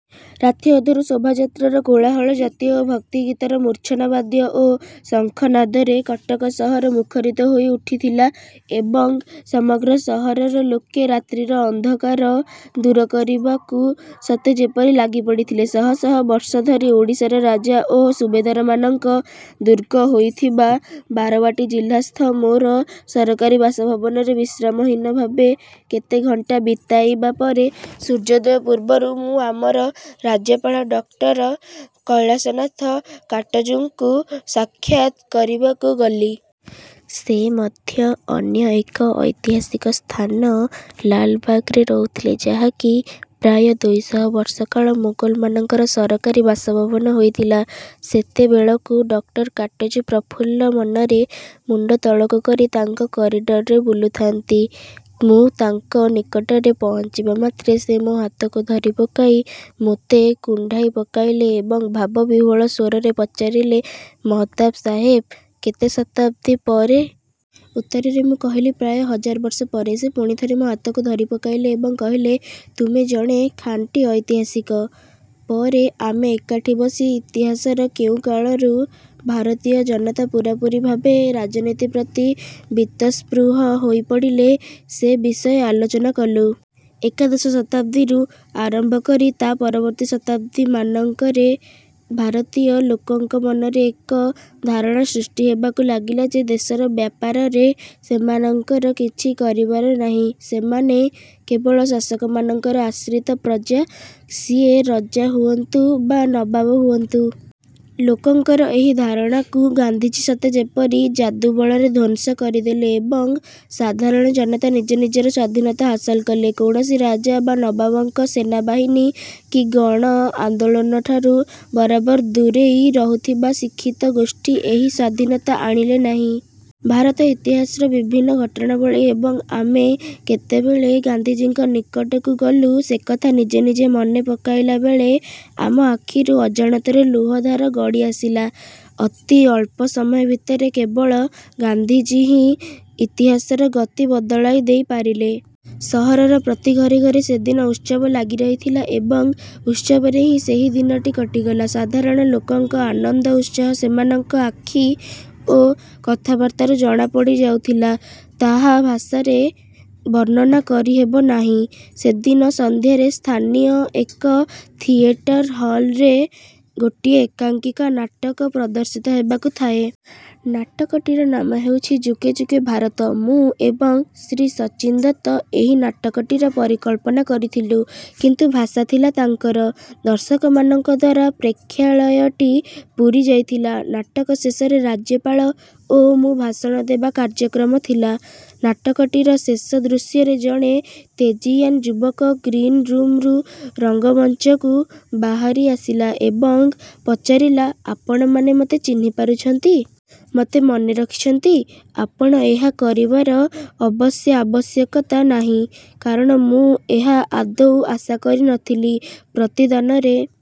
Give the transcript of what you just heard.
ରାତିଅଧରୁ ଶୋଭାଯାତ୍ରାର କୋଳାହଳ ଜାତୀୟ ଓ ଭକ୍ତିଗୀତର ମୂର୍ଚ୍ଛନା ବାଦ୍ୟ ଓ ଶଙ୍ଖ ନାଦରେ କଟକ ସହର ମୁଖରିତ ହୋଇ ଉଠିଥିଲା ଏବଂ ସମଗ୍ର ସହରର ଲୋକେ ରାତ୍ରିର ଅନ୍ଧକାର ଦୂର କରିବାକୁ ସତେ ଯେପରି ଲାଗି ପଡ଼ିଥିଲେ। ଶହ ଶହ ବର୍ଷ ଧରି ଓଡ଼ିଶାର ରାଜା ଓ ସୁବେଦାରମାନଙ୍କ ଦୁର୍ଗ ହୋଇଥିବା ବାରବାଟୀ ଜିଲ୍ଲାସ୍ଥ ମୋର ସରକାରୀ ବାସଭବନରେ ବିଶ୍ରାମହୀନ ଭାବେ କେତେ ଘଣ୍ଟା ବିତାଇବା ପରେ ସୂର୍ଯ୍ୟୋଦୟ ପୂର୍ବରୁ ମୁଁ ଆମର ରାଜ୍ୟପାଳ ଡକ୍ଟର କୈଳାସନାଥ କାଟଜୁଙ୍କୁ ସାକ୍ଷାତ୍ କରିବାକୁ ଗଲି। ସେ ମଧ୍ୟ ଅନ୍ୟ ଏକ ଐତିହାସିକ ସ୍ଥାନ ''ଲାଲବାଗ''ରେ ରହୁଥିଲେ, ଯାହାକି ପ୍ରାୟ ଦୁଇଶହ ବର୍ଷ କାଳ ମୋଗଲମାନଙ୍କର ସରକାରୀ ବାସଭବନ ହୋଇଥିଲା। ସେତେବେଳକୁ ଡକ୍ଟର କାଟଜୁ ପ୍ରଫୁଲ୍ଲମନରେ ମୁଣ୍ଡ ତଳକୁକରି ତାଙ୍କ 'କରିଡ଼ର'ରେ ବୁଲୁଥାନ୍ତି। ମୁଁ ତାଙ୍କ ନିକଟରେ ପହଞ୍ଚିବାମାତ୍ରେ ସେ ମୋ' ହାତକୁ ଧରି ପକାଇ ମୋତେ କୁଣ୍ଢାଇ ପକାଇଲେ ଏବଂ ଭାବବିହ୍ୱଳ ସ୍ୱରରେ ପଚାରିଲେ, 'ମହତାବ ସାହେବ, କେତେ ଶତାବ୍ଦୀ ପରେ? ଉତ୍ତରରେ ମୁଁ କହିଲି, ''ପ୍ରାୟ ହଜାର ବର୍ଷ ପରେ'। ସେ ପୁଣି ଥରେ ମୋ' ହାତକୁ ଧରି ପକାଇଲେ ଏବଂ କହିଲେ, 'ତୁମେ ଜଣେ ଖାଣ୍ଟି ଐତିହାସିକ'। ପରେ ଆମେ ଏକାଠି ବସି ଇତିହାସର କେଉଁକାଳରୁ ଭାରତୀୟ ଜନତା ପୂରାପୂରି ଭାବେ ରାଜନୀତି ପ୍ରତି ବୀତସ୍ପୃହ ହୋଇପଡ଼ିଲେ, ସେ ବିଷୟ ଆଲୋଚନା କଲୁ। ଏକାଦଶ ଶତାବ୍ଦୀରୁ ଆରମ୍ଭ କରି ତା' ପରବର୍ତ୍ତୀ ଶତାବ୍ଦୀମାନଙ୍କରେ ଭାରତୀୟ ଲୋକଙ୍କ ମନରେ ଏକ ଧାରଣା ସୃଷ୍ଟି ହେବାକୁ ଲାଗିଲା ଯେ ଦେଶର ବ୍ୟାପାରରେ ସେମାନଙ୍କର କିଛି କରିବାର ନାହିଁ। ସେମାନେ କେବଳ ଶାସକମାନଙ୍କର ଆଶ୍ରିତ ପ୍ରଜା, ସିଏ ରଜା ହୁଅନ୍ତୁ ବା ନବାବ ହୁଅନ୍ତୁ। ଲୋକଙ୍କର ଏହି ଧାରଣାକୁ ଗାନ୍ଧିଜୀ ସତେ ଯେପରି ଯାଦୁବଳରେ ଧ୍ୱଂସ କରିଦେଲେ ଏବଂ ସାଧାରଣ ଜନତା ନିଜେ ନିଜର ସ୍ୱାଧୀନତା ହାସଲ କଲେ। କୌଣସି ରାଜା ବା ନବାବଙ୍କ ସେନାବାହିନୀ କି ଗଣ ଆନ୍ଦୋଳନଠାରୁ ବରାବର ଦୂରେଇ ରହୁଥିବା ଶିକ୍ଷିତଗୋଷ୍ଠୀ ଏହି ସ୍ୱାଧୀନତା ଆଣିଲେ ନାହିଁ। ଭାରତ ଇତିହାସର ବିଭିନ୍ନ ଘଟଣାବଳୀ ଏବଂ ଆମେ କେତେବେଳେ ଗାନ୍ଧିଜୀଙ୍କ ନିକଟକୁ ଗଲୁ, ସେକଥା ନିଜେ ନିଜେ ମନେ ପକାଇଲାବେଳେ ଆମ ଆଖିରୁ ଅଜାଣତରେ ଲୁହ ଧାର ଗଡ଼ି ଆସିଲା। ଅତି ଅଳ୍ପ ସମୟ ଭିତରେ କେବଳ ଗାନ୍ଧିଜୀ ହିଁ ଇତିହାସର ଗତି ବଦଳାଇ ଦେଇ ପାରିଲେ। ସହରର ପ୍ରତି ଘରେ ଘରେ ସେଦିନ ଉତ୍ସବ ଲାଗି ରହିଥିଲା ଏବଂ ଉତ୍ସବରେ ହିଁ ସେହି ଦିନଟି କଟିଗଲା। ସାଧାରଣ ଲୋକଙ୍କ ଆନନ୍ଦ ଉତ୍ସାହ ସେମାନଙ୍କ ଆଖି ଓ କଥାବାର୍ତ୍ତାରୁ ଜଣାପଡ଼ିଯାଉଥିଲା। ତାହା ଭାଷାରେ ବର୍ଣ୍ଣନା କରି ହେବନାହିଁ। ସେଦିନ ସନ୍ଧ୍ୟାରେ ସ୍ଥାନୀୟ ଏକ ଥିଏଟର୍ ହଲ୍ରେ ଗୋଟିଏ ଏକାଙ୍କିକା ନାଟକ ପ୍ରଦର୍ଶିତ ହେବାକୁ ଥାଏ। ନାଟକଟି ନାମ ହେଉଛି- ''ଯୁଗେ ଯୁଗେ ଭାରତ''। ମୁଁ ଏବଂ ଶ୍ରୀ ସଚ୍ଚିନ ଦତ୍ତ ଏହି ନାଟକଟିର ପରିକଳ୍ପନା କରିଥିଲୁ; କିନ୍ତୁ ଭାଷା ଥିଲା ତାଙ୍କର। ଦର୍ଶକମାନଙ୍କଦ୍ୱାରା ପ୍ରେକ୍ଷାଳୟଟି ପୁରିଯାଇ ଥିଲା। ନାଟକ ଶେଷରେ ରାଜ୍ୟପାଳ ଓ ମୁଁ ଭାଷଣ ଦେବା କାର୍ଯ୍ୟକ୍ରମ ଥିଲା। ନାଟକଟିର ଶେଷ ଦୃଶ୍ୟରେ ଜଣେ ତେଜୀୟାନ୍ ଯୁବକ ଗ୍ରୀନ୍ ରୁମରୁ ରଙ୍ଗମଞ୍ଚକୁ ବାହାରି ଆସିଲା ଏବଂ ପଚାରିଲା- ଆପଣମାନେ ମତେ ଚିହ୍ନି ପାରୁଛନ୍ତି? ମତେ ମନେ ରଖିଛନ୍ତି? ଆପଣ ଏହା କରିବାର ଅବଶ୍ୟ ଆବଶ୍ୟକତା ନାହିଁ; କାରଣ ମୁଁ ଏହା ଆଦୌ ଆଶା କରିନଥିଲି। ପ୍ରତିଦାନରେ